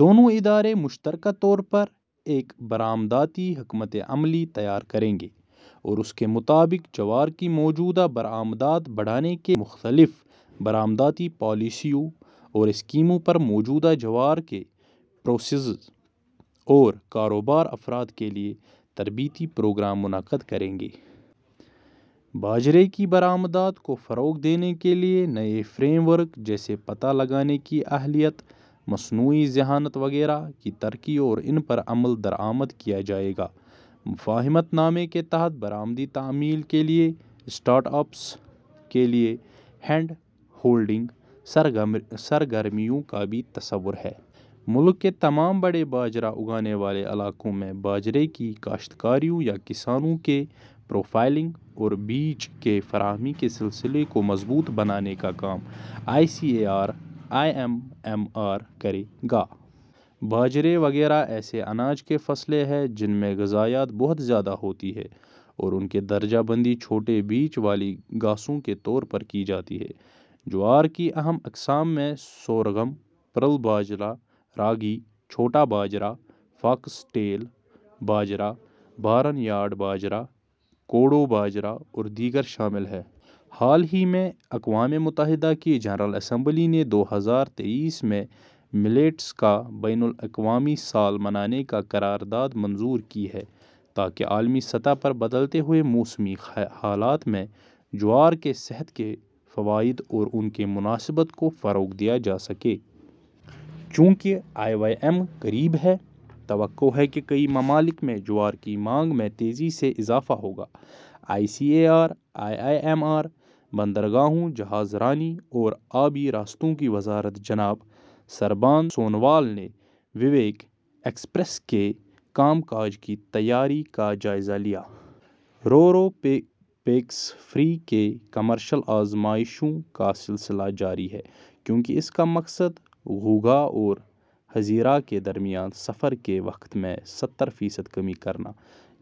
دونوں ادارے مشترکہ طور پر ایک برآمداتی حکمتِ عملی تیار کریں گے اور اس کے مطابق جوار کی موجودہ برآمدات بڑھانے کے لیے مختلف برآمداتی پالیسیوں اور اسکیموں پر موجودہ جوار کے پروسیسرز اور کاروباری افراد کے لیے تربیتی پروگرام منعقد کریں گے۔ باجرے کی برآمدات کو فروغ دینے کے لیے نئے فریم ورک، جیسے پتہ لگانے کی اہلیت، مصنوعی ذہانت وغیرہ، کی ترقی اور ان پر عمل درآمد کیا جائے گا۔ مفاہمت نامے کے تحت برآمدی تعمیل کے لیے اسٹارٹ اپس کے لیے ہینڈ ہولڈنگ سرگرمیوں کا بھی تصور ہے۔ ملک کے تمام بڑے باجرہ اگانے والے علاقوں میں باجرے کے کاشتکاروں یا کسانوں کی پروفائلنگ اور بیج کی فراہمی کے سلسلے کو مضبوط بنانے کا کام I C A R I I M R کرے گا۔ باجرہ وغیرہ ایسے اناج کی فصلیں ہیں جن میں غذائیت بہت زیادہ ہوتی ہے اور ان کی درجہ بندی چھوٹے بیج والی گھاسوں کے طور پر کی جاتی ہے۔ جوار کی اہم اقسام میں سورگم، پرل باجرہ، راگی، چھوٹا باجرہ، فاکس ٹیل باجرہ، بارن یارڈ باجرہ، کوڈو باجرہ اور دیگر شامل ہیں۔ حال ہی میں، اقوام متحدہ کی جنرل اسمبلی نے دو ہزار تئیس میں ملیٹس کا بین الاقوامی سال منانے کی قرارداد منظور کی ہے تاکہ عالمی سطح پر بدلتے ہوئے موسمی حالات میں جوار کے صحت کے فوائد اور ان کی مناسبت کو فروغ دیا جا سکے۔ چونکہ آئی وائی ایم قریب ہے، توقع ہے کہ کئی ممالک میں جوار کی مانگ میں تیزی سے اضافہ ہوگا۔ I C A R I I M R. بندرگاہوں، جہاز رانی اور آبی راستوں کی وزارت جناب سربانند سونووال نے وویک ایکسپریس کے کام کاج کی تیاری کا جائزہ لیا۔ رو رو پیکس فیری کی کمرشل آزمائشوں کا سلسلہ جاری ہے، کیونکہ اس کا مقصد گھوگھا اور ہزیرا کے درمیان سفر کے وقت میں ستر فیصد کمی کرنا ہے: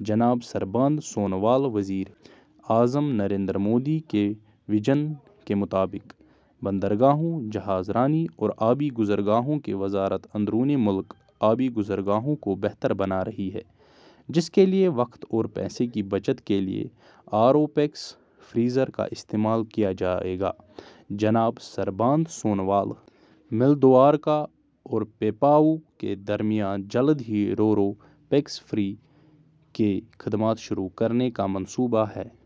جناب سربانند سونووال۔ وزیر اعظم نریندر مودی کے وژن کے مطابق، بندرگاہوں، جہاز رانی اور آبی گزرگاہوں کی وزارت اندرونِ ملک آبی گزرگاہوں کو بہتر بنا رہی ہے، جس کے لیے وقت اور پیسے کی بچت کے لیے آر او پیکس فیریز کا استعمال کیا جائے گا: جناب سربانند سونووال۔ ملدوارکا اور پیپاوو کے درمیان جلد ہی رو رو پیکس فیری کی خدمات شروع کرنے کا منصوبہ ہے: جناب